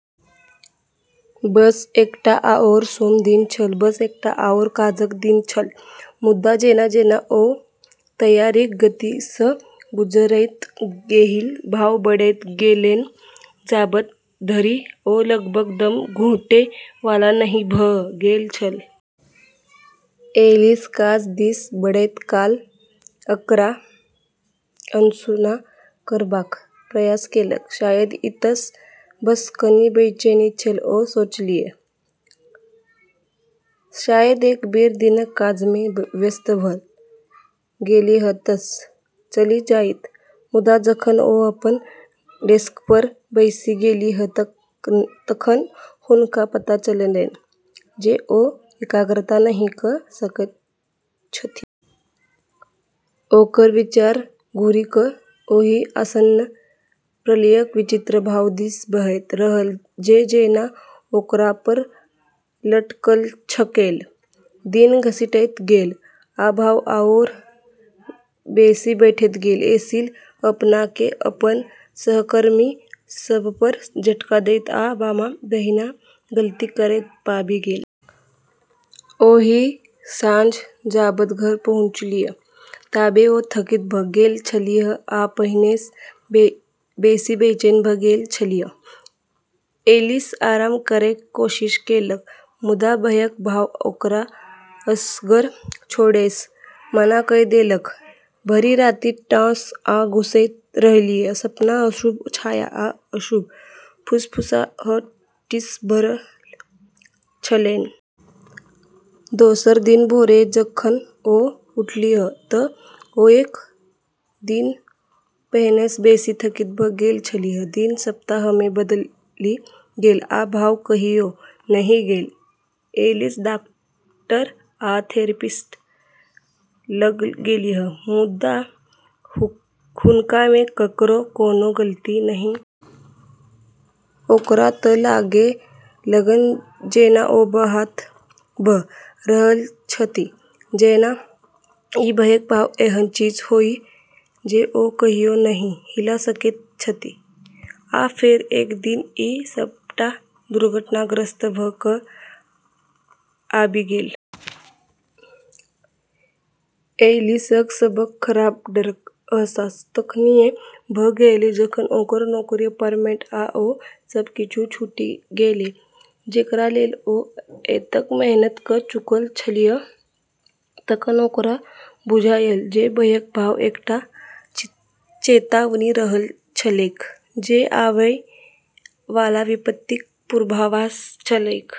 बस एकटा आओर सोम दिन छल, बस एकटा आओर काजक दिन छल। मुदा जेना-जेना ओ तैयारीक गतिसँ गुजरैत गेलीह, भाव बढ़ैत गेलैन जाबत धरि ओ लगभग दम घुटै वाला नहि भऽ गेल छल। ऐलिस काज दिस बढ़ैत काल एकरा अनसुना करबाक प्रयास केलक। शायद ई तऽ बस कनि बेचैनी छल, ओ सोचलीह। शायद एक बेर दिनक काजमे व्यस्त भऽ गेलीह तऽ चलि जाइत। मुदा जखन ओ अपन डेस्कपर बैसि गेलीह तखन हुनका पता चललैन जे ओ एकाग्रता नहि कऽ सकैत छथि। ओकर विचार घुरि कऽ ओहि आसन्न प्रलयक विचित्र भाव दिस बहैत रहल जे जेना ओकरापर लटकल छलैक। दिन घसीटैत गेल, आ भाव आओर बेसी बढ़ैत गेल। ऐलिस अपनाकेँ अपन सहकर्मी सभपर झटका दैत आ बामा-दहिना गलती करैत पाबि गेल। ओहि साँझ जाबत घर पहुँचलीह ताबे ओ थकित भऽ गेल छलीह आ पहिनेसँ बेसी बेचैन भऽ गेल छलीह। ऐलिस आराम करैक कोशिश केलक, मुदा भयक भाव ओकरा असगर छोड़ैसँ मना कऽ देलक। भरि राति टॉस आ घुमैत रहलीह, सपना अशुभ छाया आ अशुभ फुसफुसाहटिसँ भरल छलैन। दोसर दिन भोरे जखन ओ उठलीह तऽ ओ एक दिन पहिनेसँ बेसी थकित भऽ गेल छलीह। दिन सप्ताहमे बदलि गेल, आ भाव कहियो नहि गेल। ऐलिस डाक्टर आ थेरेपिस्ट लग गेलीह, मुदा हुनकामे ककरो कोनो गलती नहि भेटलैन। ओकरा तऽ लागै लगल जेना ओ बताह भऽ रहल छथि, जेना ई भयक भाव एहन चीज होइ जे ओ कहियो नहि हिला सकैत छथि। आ फेर, एक दिन, ई सबटा दुर्घटनाग्रस्त भऽ कऽ आबि गेल। ऐलिसक सबसँ खराब डरक अहसास तखनिये भऽ गेलै जखन ओकर नौकरी, अपार्टमेंट, आ ओ सब किछु छूटी गेलै जेकरालेल ओ एतेक मेहनत कऽ चुकल छलीह। तखन ओकरा बुझायल जे भयक भाव एकटा चेतावनी रहल छलैक, जे आवै वाला विपत्तिक पूर्वाभास छलैक।